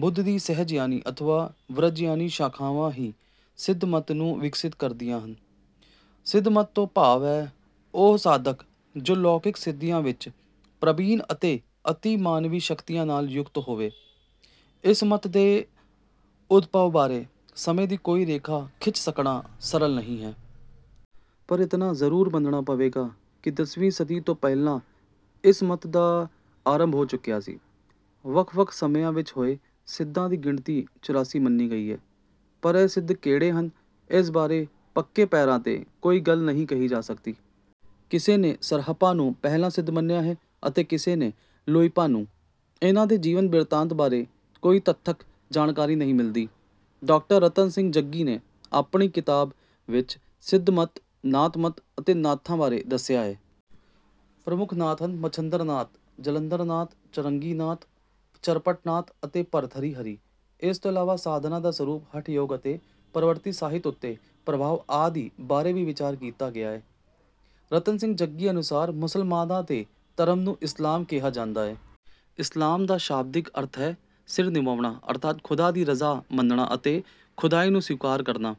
ਬੁੱਧ ਦੀ ਸਹਿਜਯਾਨੀ ਅਥਵਾ ਵਜ੍ਰਯਾਨੀ ਸ਼ਾਖਾਵਾਂ ਹੀ ਸਿੱਧ ਮੱਤ ਨੂੰ ਵਿਕਸਿਤ ਕਰਦੀਆਂ ਹਨ। ਸਿੱਧ ਮੱਤ ਤੋਂ ਭਾਵ ਹੈ—ਉਹ ਸਾਧਕ ਜੋ ਲੌਕਿਕ ਸਿੱਧੀਆਂ ਵਿੱਚ ਪ੍ਰਬੀਨ ਅਤੇ ਅਤਿ-ਮਾਨਵੀ ਸ਼ਕਤੀਆਂ ਨਾਲ ਯੁਕਤ ਹੋਵੇ। ਇਸ ਮੱਤ ਦੇ ਉਦਭਵ ਬਾਰੇ ਸਮੇਂ ਦੀ ਕੋਈ ਰੇਖਾ ਖਿੱਚ ਸਕਣਾ ਸਰਲ ਨਹੀਂ ਹੈ। ਪਰ ਇਤਨਾ ਜ਼ਰੂਰ ਮੰਨਣਾ ਪਵੇਗਾ ਕਿ ਦਸਵੀਂ ਸਦੀ ਤੋਂ ਪਹਿਲਾਂ ਇਸ ਮੱਤ ਦਾ ਆਰੰਭ ਹੋ ਚੁੱਕਿਆ ਸੀ। ਵੱਖ-ਵੱਖ ਸਮਿਆਂ ਵਿੱਚ ਹੋਏ ਸਿੱਧਾਂ ਦੀ ਗਿਣਤੀ ਚੁਰਾਸੀ ਮੰਨੀ ਗਈ ਹੈ। ਪਰ ਇਹ ਸਿੱਧ ਕਿਹੜੇ ਹਨ, ਇਸ ਬਾਰੇ ਪੱਕੇ ਪੈਰਾਂ ’ਤੇ ਕੋਈ ਗੱਲ ਨਹੀਂ ਕਹੀ ਜਾ ਸਕਦੀ। ਕਿਸੇ ਨੇ ਸਰਹਪਾ ਨੂੰ ਪਹਿਲਾ ਸਿੱਧ ਮੰਨਿਆ ਹੈ ਅਤੇ ਕਿਸੇ ਨੇ ਲੂਇਪਾ ਨੂੰ। ਇਨ੍ਹਾਂ ਦੇ ਜੀਵਨ-ਬਿਰਤਾਂਤ ਬਾਰੇ ਕੋਈ ਤੱਥਕ ਜਾਣਕਾਰੀ ਨਹੀਂ ਮਿਲਦੀ। ਡਾਕਟਰ ਰਤਨ ਸਿੰਘ ਜੱਗੀ ਨੇ ਆਪਣੀ ਕਿਤਾਬ ਵਿੱਚ ਸਿੱਧ ਮੱਤ, ਨਾਥ ਮੱਤ ਅਤੇ ਨਾਥਾਂ ਬਾਰੇ ਦੱਸਿਆ ਹੈ। ਪ੍ਰਮੁੱਖ ਨਾਥ ਹਨ—ਮਛੰਦਰ ਨਾਥ, ਜਲੰਧਰ ਨਾਥ, ਚੌਰੰਗੀਨਾਥ, ਚਰਪਟ ਨਾਥ ਅਤੇ ਭਰਥਰੀ ਹਰੀ। ਇਸ ਤੋਂ ਇਲਾਵਾ ਸਾਧਨਾ ਦਾ ਸਰੂਪ, ਹਠ ਯੋਗ ਅਤੇ ਪਰਵਰਤੀ ਸਾਹਿਤ ਉੱਤੇ ਪ੍ਰਭਾਵ ਆਦਿ ਬਾਰੇ ਵੀ ਵਿਚਾਰ ਕੀਤਾ ਗਿਆ ਹੈ। ਰਤਨ ਸਿੰਘ ਜੱਗੀ ਅਨੁਸਾਰ, ਮੁਸਲਮਾਨਾਂ ਦੇ ਧਰਮ ਨੂੰ ਇਸਲਾਮ ਕਿਹਾ ਜਾਂਦਾ ਹੈ। ਇਸਲਾਮ ਦਾ ਸ਼ਾਬਦਿਕ ਅਰਥ ਹੈ—ਸਿਰ ਨਿਵਾਉਣਾ, ਅਰਥਾਤ ਖ਼ੁਦਾ ਦੀ ਰਜ਼ਾ ਮੰਨਣਾ ਅਤੇ ਖ਼ੁਦਾਈ ਨੂੰ ਸਵੀਕਾਰ ਕਰਨਾ।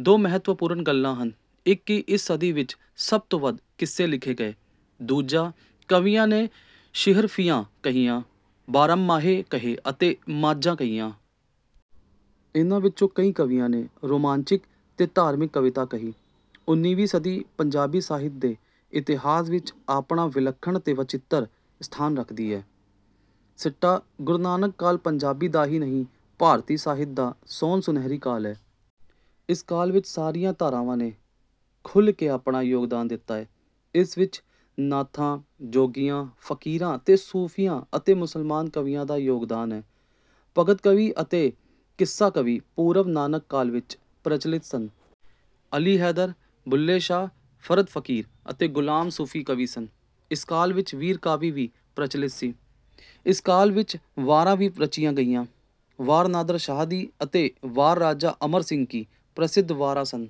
ਦੋ ਮਹੱਤਵਪੂਰਨ ਗੱਲਾਂ ਹਨ। ਇੱਕ ਕਿ ਇਸ ਸਦੀ ਵਿੱਚ ਸਭ ਤੋਂ ਵੱਧ ਕਿੱਸੇ ਲਿਖੇ ਗਏ। ਦੂਜਾ, ਕਵੀਆਂ ਨੇ ਸ਼ੀਹਰਫ਼ੀਆਂ ਕਹੀਆਂ, ਬਾਰਾਂਮਾਹੇ ਕਹੇ ਅਤੇ ਮਾਝਾਂ ਕਹੀਆਂ। ਇਨ੍ਹਾਂ ਵਿੱਚੋਂ ਕਈ ਕਵੀਆਂ ਨੇ ਰੋਮਾਂਚਿਕ ਤੇ ਧਾਰਮਿਕ ਕਵਿਤਾ ਕਹੀ। ਉਨ੍ਹੀਵੀਂ ਸਦੀ ਪੰਜਾਬੀ ਸਾਹਿਤ ਦੇ ਇਤਿਹਾਸ ਵਿੱਚ ਆਪਣਾ ਵਿਲੱਖਣ ਤੇ ਵਚਿੱਤਰ ਸਥਾਨ ਰੱਖਦੀ ਹੈ। ਸਿੱਟਾ: ਗੁਰੂ ਨਾਨਕ ਕਾਲ ਪੰਜਾਬੀ ਦਾ ਹੀ ਨਹੀਂ, ਭਾਰਤੀ ਸਾਹਿਤ ਦਾ ਸੋਨ-ਸੁਨਹਿਰੀ ਕਾਲ ਹੈ। ਇਸ ਕਾਲ ਵਿੱਚ ਸਾਰੀਆਂ ਧਾਰਾਵਾਂ ਨੇ ਖੁੱਲ੍ਹ ਕੇ ਆਪਣਾ ਯੋਗਦਾਨ ਦਿੱਤਾ ਹੈ। ਇਸ ਵਿੱਚ ਨਾਥਾਂ, ਜੋਗੀਆਂ, ਫ਼ਕੀਰਾਂ ਤੇ ਸੂਫ਼ੀਆਂ ਅਤੇ ਮੁਸਲਮਾਨ ਕਵੀਆਂ ਦਾ ਯੋਗਦਾਨ ਹੈ। ਭਗਤ ਕਵੀ ਅਤੇ ਕਿੱਸਾ ਕਵੀ ਪੂਰਵ-ਨਾਨਕ ਕਾਲ ਵਿੱਚ ਪ੍ਰਚਲਿਤ ਸਨ। ਅਲੀ ਹੈਦਰ, ਬੁੱਲ੍ਹੇ ਸ਼ਾਹ, ਫ਼ਰਦ ਫ਼ਕੀਰ ਅਤੇ ਗੁਲਾਮ ਸੂਫ਼ੀ ਕਵੀ ਸਨ। ਇਸ ਕਾਲ ਵਿੱਚ ਵੀਰ-ਕਾਵਿ ਵੀ ਪ੍ਰਚਲਿਤ ਸੀ। ਇਸ ਕਾਲ ਵਿੱਚ ਵਾਰਾਂ ਵੀ ਰਚੀਆਂ ਗਈਆਂ। ‘ਵਾਰ ਨਾਦਰ ਸ਼ਾਹ ਦੀ’ ਅਤੇ ‘ਵਾਰ ਰਾਜਾ ਅਮਰ ਸਿੰਘ ਕੀ’ ਪ੍ਰਸਿੱਧ ਵਾਰਾਂ ਸਨ।